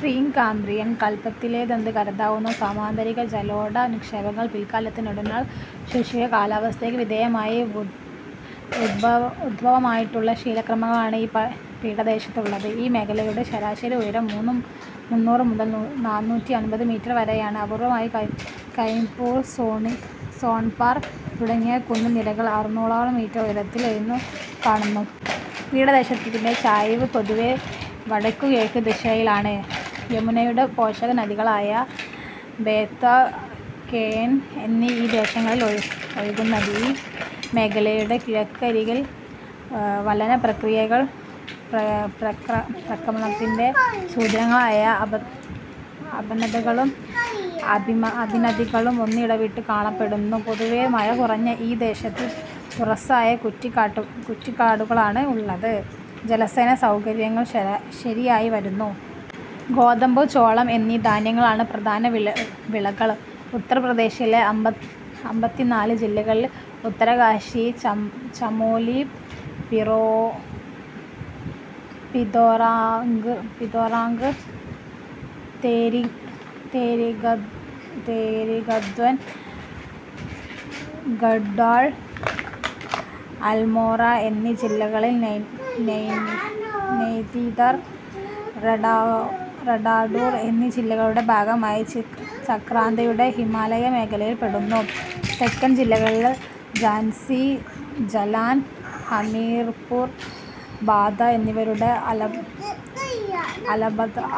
Pre Cambrian കൽപ്പത്തിലേതെന്ന് കരുതാവുന്ന സമുദ്രാന്തരിത ജലോഢ നിക്ഷേപങ്ങൾ പിൽക്കാലത്ത് നെടുനാൾ ശുഷ്ക കാലാവസ്ഥയ്ക്ക് വിധേയമായി ഉദ്ഭൂതമായിട്ടുള്ള ശിലാക്രമങ്ങളാണ് ഈ പീഠദേശത്തുള്ളത്. ഈ മേഖലയുടെ ശരാശരി ഉയരം മൂന്നൂറ് മുതൽ നാനൂറ്റി അമ്പത് മീറ്റർ വരെയാണ്. അപൂർവമായി കയിംപൂർ, സോൺപാർ തുടങ്ങിയ കുന്നിൻ നിരകൾ ആറന്നൂറോളം മീറ്റർ ഉയരത്തിൽ എഴുന്നു കാണുന്നു. പീഠദേശത്തിൻ്റെ ചായ്‌വ് പൊതുവേ വടക്കുകിഴക്ക് ദിശയിലാണ്. യമുനയുടെ പോഷകനദികളായ ബേത്വ, കേൻ എന്നിവ ഈ ദിശയിലാണ് ഒഴുകുന്നത്. ഈ മേഖലയുടെ കിഴക്കരികിൽ വലന പ്രക്രമത്തിൻ്റെ സൂചകങ്ങളായ അപനതികളും അഭിനദികളും ഒന്നിടവിട്ട് കാണപ്പെടുന്നു. പൊതുവേ മഴ കുറഞ്ഞ ഈ പ്രദേശത്ത് തുറസ്സായ കുറ്റിക്കാടുകളാണ് ഉള്ളത്. ജലസേചന സൗകര്യങ്ങൾ ശരിയായി വരുന്നു. ഗോതമ്പ്, ചോളം എന്നീ ധാന്യങ്ങളാണ് പ്രധാന വിളകൾ. ഉത്തർപ്രദേശിലെ അമ്പത്തിനാല് ജില്ലകളിൽ ഉത്തരകാശി, ചമോലി, പിതോറാഗഡ്, തേരീഗഡ്വാൾ, ഗഡ്വാൾ, അൽമോറ എന്നീ ജില്ലകളും നൈനീതാൾ, ഡെറാഡൂൺ എന്നീ ജില്ലകളുടെ ഭാഗങ്ങളും ചക്രാതയും ഹിമാലയ മേഖലയിൽ പെടുന്നു. തെക്കൻ ജില്ലകളായ ഝാൻസി, ജലാൻ, ഹമീർപൂർ, ബാന്ദ എന്നിവയും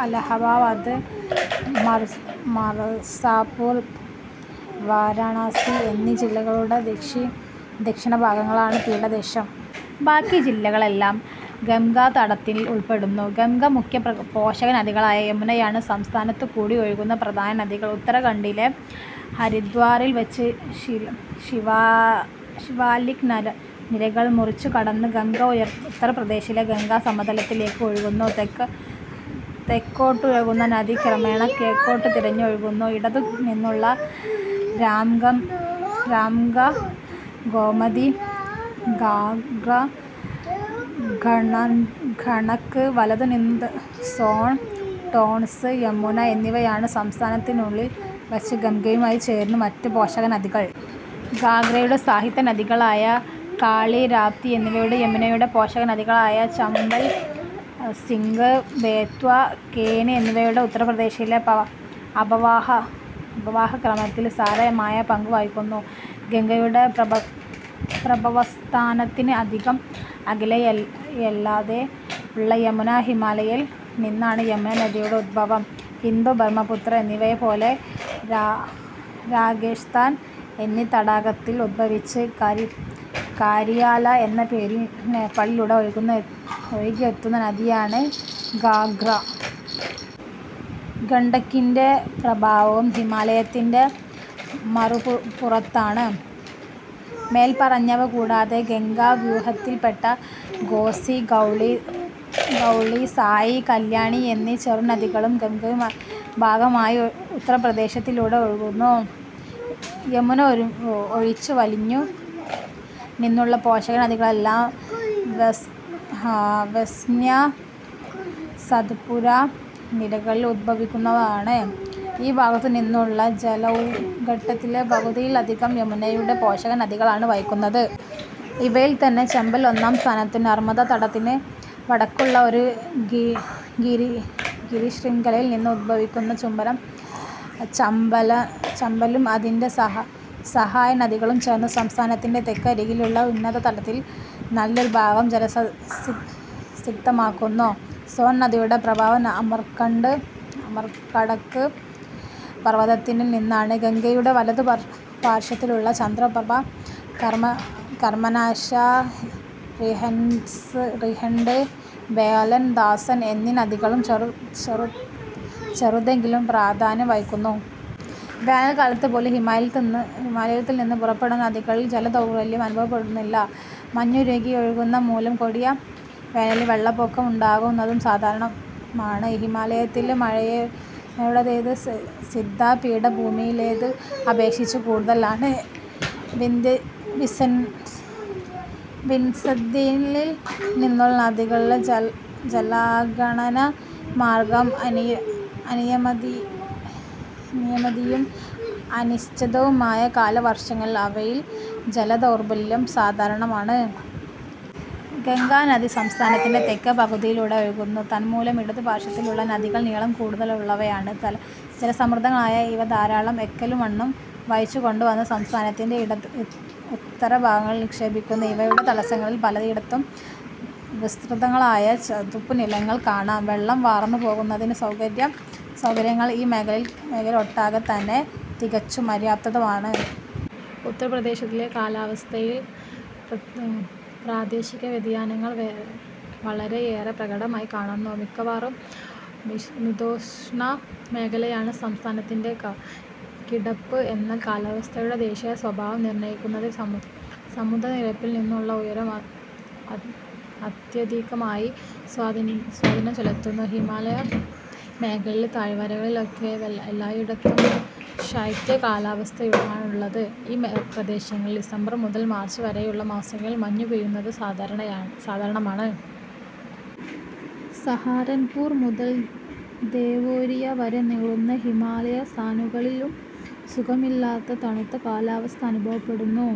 അലഹബാദ്, മിർസാപൂർ, വരാണസി എന്നീ ജില്ലകളുടെ ദക്ഷിണ ഭാഗങ്ങളുമാണ് പീഠദേശം. ബാക്കി ജില്ലകൾ എല്ലാം ഗംഗാതടത്തിൽ ഉൾപ്പെടുന്നു. ഗംഗയും മുഖ്യ പോഷകനദിയായ യമുനയുമാണ് സംസ്ഥാനത്തു കൂടി ഒഴുകുന്ന പ്രധാന നദികൾ. ഉത്തരാഖണ്ഡിലെ ഹരിദ്വാറിൽ വച്ച് ശിവാലിക് നിരകൾ മുറിച്ചു കടന്ന്, ഗംഗ, ഉത്തർപ്രദേശിലെ ഗംഗാ സമതലത്തിലേക്ക് ഒഴുകുന്നു. തെക്കോട്ടൊഴുകുന്ന നദി ക്രമേണ കിഴക്കോട്ട് തിരിഞ്ഞ് ഒഴുകുന്നു. ഇടത്തു നിന്നുള്ള രാംഗംഗ, ഗോമതി, ഘാഘ്ര, ഗണ്ഡക്, വലത്തു നിന്നുള്ള സോൺ, ടോൺസ്, യമുന എന്നിവയുമാണ് സംസ്ഥാനത്തിനുള്ളിൽ വച്ച് ഗംഗയുമായി ചേരുന്ന മറ്റു പോഷകനദികൾ. ഘാഘ്രയുടെ സഹായക നദികളായ കാളി, രാപ്തി എന്നിവയും യമുനയുടെ പോഷകനദികളായ ചംബൽ, സിന്ധ്, ബേത്വ, കേൻ എന്നിവയും ഉത്തർപ്രദേശിലെ അപവാഹ ക്രമത്തിൽ സാരമായ പങ്കു വഹിക്കുന്നു. ഗംഗയുടെ പ്രഭവസ്ഥാനത്തിന് അധികം അകലെയല്ലാതെ ഉള്ള യമുനാ ഹിമാനിയിൽ നിന്നാണ് യമുനാ നദിയുടെ ഉദ്ഭവം. സിന്ധു, ബ്രഹ്മപുത്ര എന്നിവയെ പോലെ രാകേഷ്താൽ എന്ന തടാകത്തിൽ ഉദ്ഭവിച്ച് കാരിയാല എന്ന പേരിൽ നേപ്പാളിലൂടെ ഒഴുകി എത്തുന്ന നദിയാണ് ഘാഘ്ര. ഗണ്ഡക്കിൻ്റെ പ്രഭവവും ഹിമാലയത്തിൻ്റെ മറുപുറത്താണ്. മേൽപ്പറഞ്ഞവ കൂടാതെ ഗംഗാ വ്യൂഹത്തിൽപ്പെട്ട കോസി, ഗൗള, സായി, കല്യാണി എന്നീ ചെറുനദികളും ഭാഗികമായി ഉത്തർപ്രദേശിലൂടെ ഒഴുകുന്നു. യമുന ഒഴിച്ച് വലത്തു നിന്നുള്ള പോഷകനദികളെല്ലാം വിന്ധ്യാ സത്പുരാ നിരകളിൽ ഉദ്ഭവിക്കുന്നവയാണ്. ഈ ഭാഗത്തു നിന്നുള്ള ജലൗഘത്തിൻ്റെ പകുതിയിലധികം യമുനയുടെ പോഷകനദികളാണ് വഹിക്കുന്നത്. ഇവയിൽത്തന്നെ ചംബൽ ഒന്നാം സ്ഥാനത്താണ്. നർമദാ തടത്തിന് വടക്കുള്ള ഒരു ഗിരിശൃംഗത്തിൽ നിന്നും ഉദ്ഭവിക്കുന്ന ചംബലും അതിൻ്റെ സഹായ നദികളും ചേർന്ന് സംസ്ഥാനത്തിൻ്റെ തെക്കരികിലുള്ള ഉന്നത തടത്തിലെ നല്ലൊരു ഭാഗം ജലസിക്തമാക്കുന്നു. സോൺ നദിയുടെ പ്രഭവം അമർകണ്ടക് പർവതത്തിൽ നിന്നാണ്. ഗംഗയുടെ വലതു പാർശ്വത്തിലുള്ള ചന്ദ്രപ്രഭ, കർമനാശ, റിഹൻഡ്, ബേലൻ, ദാസൻ എന്നീ നദികളും ചെറുതെങ്കിലും പ്രാധാന്യം വഹിക്കുന്നവയാണ്. വേനൽക്കാലത്ത് പോലും ഹിമാലയത്തിൽ നിന്ന് പുറപ്പെടുന്ന നദികളിൽ ജലദൗർലഭ്യം അനുഭവപ്പെടുന്നില്ല. മഞ്ഞുരുകി ഒഴുകുന്നത് മൂലം കൊടിയ വേനലിൽ വെള്ളപ്പൊക്കം ഉണ്ടാവുന്നതും സാധാരണമാണ്. ഹിമാലയത്തിലെ മഴയുടെ തോത് വിന്ധ്യാ പീഠഭൂമിയിലേതിനെ അപേക്ഷിച്ച് കൂടുതലാണ്. വിന്ധ്യനിൽ നിന്നുള്ള നദികളിലെ ജലാഗമന മാർഗ്ഗം അനിയമിതവും അനിശ്ചിതവുമായ കാലവർഷങ്ങളാൽ അവയിൽ ജലദൗർലഭ്യം സാധാരണമാണ്. ഗംഗാനദി സംസ്ഥാനത്തിൻ്റെ തെക്കേ പകുതിയിലൂടെയാണ് ഒഴുകുന്നത്. തന്മൂലം ഇടതു പാർശ്വത്തിലുള്ള നദികൾ നീളക്കൂടുതലുള്ളവയാണ്. ജലസമൃദ്ധങ്ങളായ ഇവ ധാരാളം എക്കലും മണ്ണും വഹിച്ചു കൊണ്ടുവന്ന് സംസ്ഥാനത്തിൻ്റെ ഉത്തര ഭാഗങ്ങളിൽ നിക്ഷേപിക്കുന്നു. ഇവയുടെ തടങ്ങളിൽ പലയിടത്തും വിസ്തൃതങ്ങളായ ചതുപ്പുനിലങ്ങൾ കാണാം. വെള്ളം വാർന്നു പോകുന്നതിനുള്ള സൗകര്യങ്ങൾ ഈ മേഖലയിലൊട്ടാകെത്തന്നെ തികച്ചും അപര്യാപ്തമാണ്. ഉത്തർപ്രദേശിലെ കാലാവസ്ഥയിൽ പ്രാദേശിക വ്യതിയാനങ്ങൾ വളരെയേറെ പ്രകടമായി കാണുന്നു. മിക്കവാറും മിതോഷ്ണ മേഖലയിലാണ് സംസ്ഥാനത്തിൻ്റെ കിടപ്പ്, എന്നാൽ കാലാവസ്ഥയുടെ പ്രാദേശിക സ്വഭാവം നിർണയിക്കുന്നതിൽ സമുദ്രനിരപ്പിൽ നിന്നുള്ള ഉയരം അത്യധികമായ സ്വാധീനത ചെലുത്തുന്നു. ഹിമാലയ മേഖലയിൽ താഴ്‌വരകളിലൊഴികെ എല്ലായിടത്തും ശൈത്യ കാലാവസ്ഥയാണുള്ളത്. ഈ പ്രദേശങ്ങളിൽ ഡിസംബർ മുതൽ മാർച്ച് വരെയുള്ള മാസങ്ങളിൽ മഞ്ഞുപെയ്യുന്നത് സാധാരണമാണ്. സഹാരൻപൂർ മുതൽ ദേവോരിയ വരെ നീളുന്ന ഹിമാലയ സാനുക്കളിലും സുഖകരമല്ലാത്ത തണുത്ത കാലാവസ്ഥ അനുഭവപ്പെടുന്നു.